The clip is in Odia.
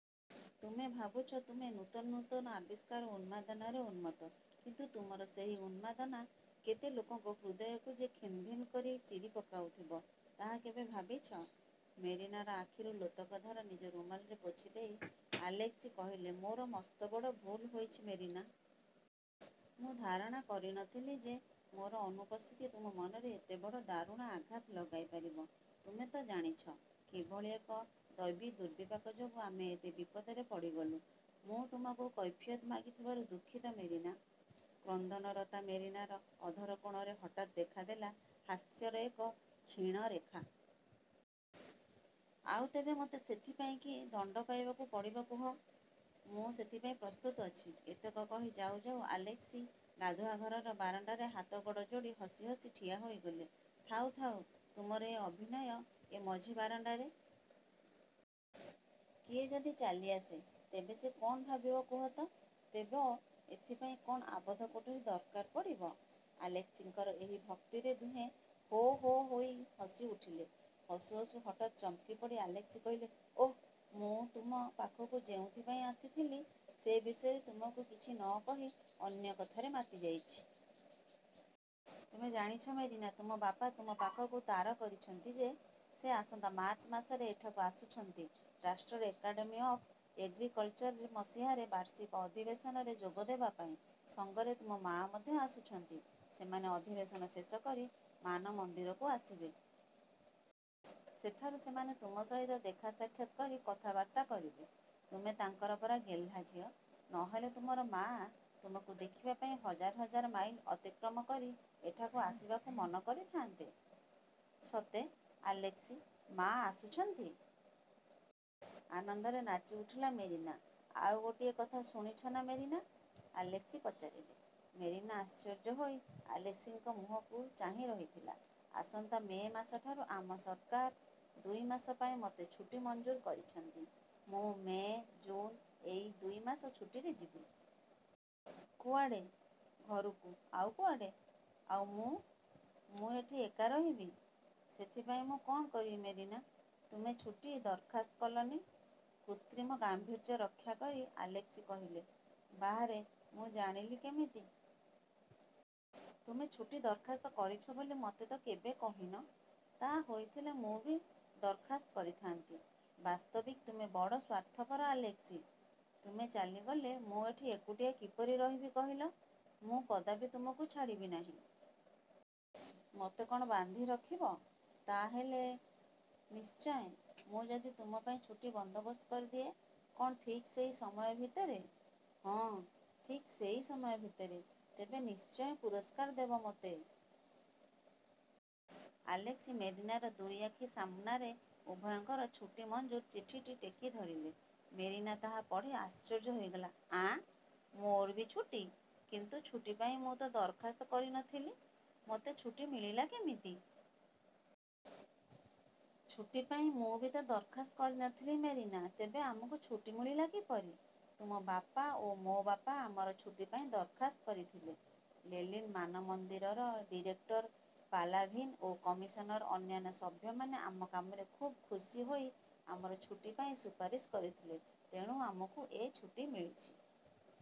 ତୁମେ ଭାବୁଛ, ତୁମେ ନୂତନ ନୂତନ ଆବିଷ୍କାର ଉନ୍ମାଦନାରେ ଉନ୍ମତ୍ତ। କିନ୍ତୁ ତୁମର ସେହି ଉନ୍ନାଦନା କେତେ ଲୋକଙ୍କ ହୃଦୟକୁ ଯେ ଖିନ୍ଭିନ୍ କରି ଚିରି ପକାଉଥିବ, ତା' କେବେ ଭାବିଛ? '' ମେରିନାର ଆଖିରୁ ଲୋତକଧାରା ନିଜ ରୁମାଲରେ ପୋଛିଦେଇ ଆଲେସ୍କି କହିଲେ, ''ମୋର ମସ୍ତବଡ଼ ଭୁଲ ହୋଇଛି ମେରିନା। ମୁଁ ଧାରଣା କରି ନଥିଲି ଯେ, ମୋର ଅନୁପସ୍ଥିତି ତୁମ ମନରେ ଏତେ ବଡ଼ ଦାରୁଣ ଆଘାତ ଲଗାଇ ପାରିବ। ତୁମେ ତ ଜାଣିଛ, କିଭଳି ଏକ ଦୈବୀଦୁର୍ବିପାକ ଯୋଗୁଁ ଆମେ ଏତେ ବିପଦରେ ପଡ଼ିଗଲୁଁ। ମୁଁ ତୁମକୁ କୈଫିୟତ୍ ମାଗିଥିବାରୁ ଦୁଃଖିତ ମେରିନା। '' କ୍ରନ୍ଦନରତା ମେରିନାର ଅଧରକୋଣରେ ହଠାତ୍ ଦେଖାଦେଲା ହାସ୍ୟର ଏକ କ୍ଷୀଣରେଖା। ''ଆଉ ତେବେ ମୋତେ ସେଥିପାଇଁ କି ଦଣ୍ଡ ପାଇବାକୁ ପଡ଼ିବ କୁହ? ମୁଁ ସେଥିପାଇଁ ପ୍ରସ୍ତୁତ ଅଛି। '' ଏତକ କହି ଯାଉ ଯାଉ ଆଲେସ୍କି ଗାଧୁଆଘରର ବାରଣ୍ଡାରେ ହାତଗୋଡ଼ ଯୋଡ଼ି ହସି ହସି ଠିଆ ହୋଇଗଲେ। ''ଥାଉ, ଥାଉ, ତୁମର ଏ ଅଭିନୟ ଏ ମଝି ବାରଣ୍ଡାରେ! କିଏ ଯଦି ଚାଲିଆସେ, ତେବେ ସେ କ'ଣ ଭାବିବ କୁହ ତ? '' ''ତେବ ଏଥିପାଇଁ କ'ଣ ଆବଦ୍ଧ କୋଠରି ଦରକାର ପଡ଼ିବ? '' ଆଲେସ୍କିଙ୍କର ଏହି ଉକ୍ତିରେ ଦୁହେଁ ହୋ-ହୋ ହୋଇ ହସିଉଠିଲେ। ହସୁଁ ହସୁଁ ହଠାତ୍ ଚମକି ପଡ଼ି ଆଲେସ୍କି କହିଲେ, ''ଓଃ, ମୁଁ ତୁମ ପାଖକୁ ଯେଉଁଥିପାଇଁ ଆସିଥିଲି, ସେ ବିଷୟରେ ତୁମକୁ କିଛି ନ କହି ଅନ୍ୟ କଥାରେ ମାତିଯାଇଛି। ତୁମେ ଜାଣିଛ ମେରିନା, ତୁମ ବାପା ତୁମ ପାଖକୁ ତାର କରିଛନ୍ତି ଯେ, ସେ ଆସନ୍ତା ମାର୍ଚ୍ଚ ମାସରେ ଏଠାକୁ ଆସୁଛନ୍ତି ରାଷ୍ଟ୍ରର ଏକାଡ଼େମୀ ଅଫ୍ ଏଗ୍ରିକଲ୍ଚର୍ରେ ମସିହାରେ ବାର୍ଷିକ ଅଧିବେଶନରେ ଯୋଗଦେବା ପାଇଁ। ସଙ୍ଗରେ ତୁମ ମା' ମଧ୍ୟ ଆସୁଛନ୍ତି। ସେମାନେ ଅଧିବେଶନ ଶେଷ କରି ମାନମନ୍ଦିରକୁ ଆସିବେ। ସେଠାରୁ ସେମାନେ ତୁମ ସହିତ ଦେଖା-ସାକ୍ଷାତ୍ କରି କଥାବାର୍ତ୍ତା କରିବେ। ତୁମେ ତାଙ୍କର ପରା ଗେହ୍ଲାଝିଅ; ନ ହେଲେ ତୁମର ମା' ତୁମକୁ ଦେଖିବା ପାଇଁ ହଜାର ହଜାର ମାଇଲ ଅତିକ୍ରମ କରି ଏଠାକୁ ଆସିବାକୁ ମନ କରିଥାନ୍ତେ? '' ''ସତେ ଆଲେସ୍କି, ମା' ଆସୁଛନ୍ତି? '' ଆନନ୍ଦରେ ନାଚି ଉଠିଲା ମେରିନା। ''ଆଉ ଗୋଟିଏ କଥା ଶୁଣିଛ ନା ମେରିନା? '' ଆଲେସ୍କି ପଚାରିଲେ। ମେରିନା ଆଶ୍ଚର୍ଯ୍ୟ ହୋଇ ଆଲେସ୍କିଙ୍କ ମୁହଁକୁ ଚାହିଁ ରହିଥିଲା। ''ଆସନ୍ତା ମେ ମାସଠାରୁ ଆମ ସରକାର। ଦୁଇମାସ ପାଇଁ ମୋତେ ଛୁଟି ମଞ୍ଜୁର କରିଛନ୍ତି। ମୁଁ ମେ, ଜୁନ୍ ଏ ଦୁଇ ମାସ ଛୁଟିରେ ଯିବି। '' ''କୁଆଡ଼େ? ''ଘରକୁ, ଆଉ କୁଆଡ଼େ? '' ''ଆଉ ମୁଁ! ମୁଁ ଏଠି ଏକା ରହିବି? '' ''ସେଥିପାଇଁ ମୁଁ କ'ଣ କରିବି ମେରିନା। ତୁମେ ଛୁଟି ଦରଖାସ୍ତ କଲନି? '' କୃତ୍ରିମ ଗାମ୍ଭୀର୍ଯ୍ୟ ରକ୍ଷାକରି ଆଲେସ୍କି କହିଲେ। ''ବାଃ ରେ, ମୁଁ ଜାଣିଲ କେମିତି? ତୁମେ ଛୁଟି ଦରଖାସ୍ତ କରିଛ ବୋଲି ମୋତେ ତ କେବେ କହିନ? ତା' ହୋଇଥିଲେ ମୁଁ ବି ଦରଖାସ୍ତ କରିଥାନ୍ତି। ବାସ୍ତବିକ୍ ତୁମେ ବଡ଼ ସ୍ୱାର୍ଥପର ଆଲେସ୍କି! ତୁମେ ଚାଲିଗଲେ, ମୁଁ ଏଠି ଏକୁଟିଆ କିପରି ରହିବି କହିଲ? ମୁଁ କଦାପି ତୁମକୁ ଛାଡ଼ିବି ନାହିଁ। '' ''ମୋତେ କ'ଣ ବାନ୍ଧିରଖିବ ତା' ହେଲେ? '' ''ନିଶ୍ଚୟ। '' ''ମୁଁ ଯଦି ତୁମ ପାଇଁ ଛୁଟି ବନ୍ଦୋବସ୍ତ କରିଦିଏ। '' ''କ'ଣ ଠିକ୍ ସେଇ ସମୟ ଭିତରେ? '' ''ହଁ, ଠିକ୍ ସେହି ସମୟ ଭିତରେ। ତେବେ ନିଶ୍ଚୟ ପୁରସ୍କାର ଦେବ ମୋତେ? '' ଆଲେସ୍କି ମେରିନାର ଦୁଇ ଆଖି ସାମନାରେ ଉଭୟଙ୍କର ଛୁଟି ମଞ୍ଜୁର ଚିଠିଟି ଟେକି ଧରିଲେ। ମେରିନା ତାହା ପଢ଼ି ଆଶ୍ଚର୍ଯ୍ୟ ହୋଇଗଲା। ''ଆଁ, ମୋର ବି ଛୁଟି? କିନ୍ତୁ ଛୁଟି ପାଇଁ ମୁଁ ତ ଦରଖାସ୍ତ କରି ନଥିଲି? ମୋତେ ଛୁଟି ମିଳିଲା କେମିତି? '' ''ଛୁଟିପାଇଁ ମୁଁ ବି ତ ଦରଖାସ୍ତ କରିନଥିଲି ମେରିନା! '' ''ତେବେ-ଆମକୁ ଛୁଟି ମିଳିଲା କିପରି? '' ''ତୁମ ବାପା ଓ ମୋ ବାପା ଆମର ଛୁଟିପାଇଁ ଦରଖାସ୍ତ କରିଥିଲେ? ଲେନିନ୍ ମାନମନ୍ଦିରର ଡିରେକ୍ଟର ପାଲାଭିନ୍ ଓ କମିଶନର ଅନ୍ୟାନ୍ୟ ସଭ୍ୟମାନେ ଆମ କାମରେ ଖୁବ୍ ଖୁସି ହୋଇ ଆମର ଛୁଟିପାଇଁ ସୁପାରିଶ କରିଥିଲେ। ତେଣୁ ଆମକୁ ଏ ଛୁଟି ମିଳିଛି।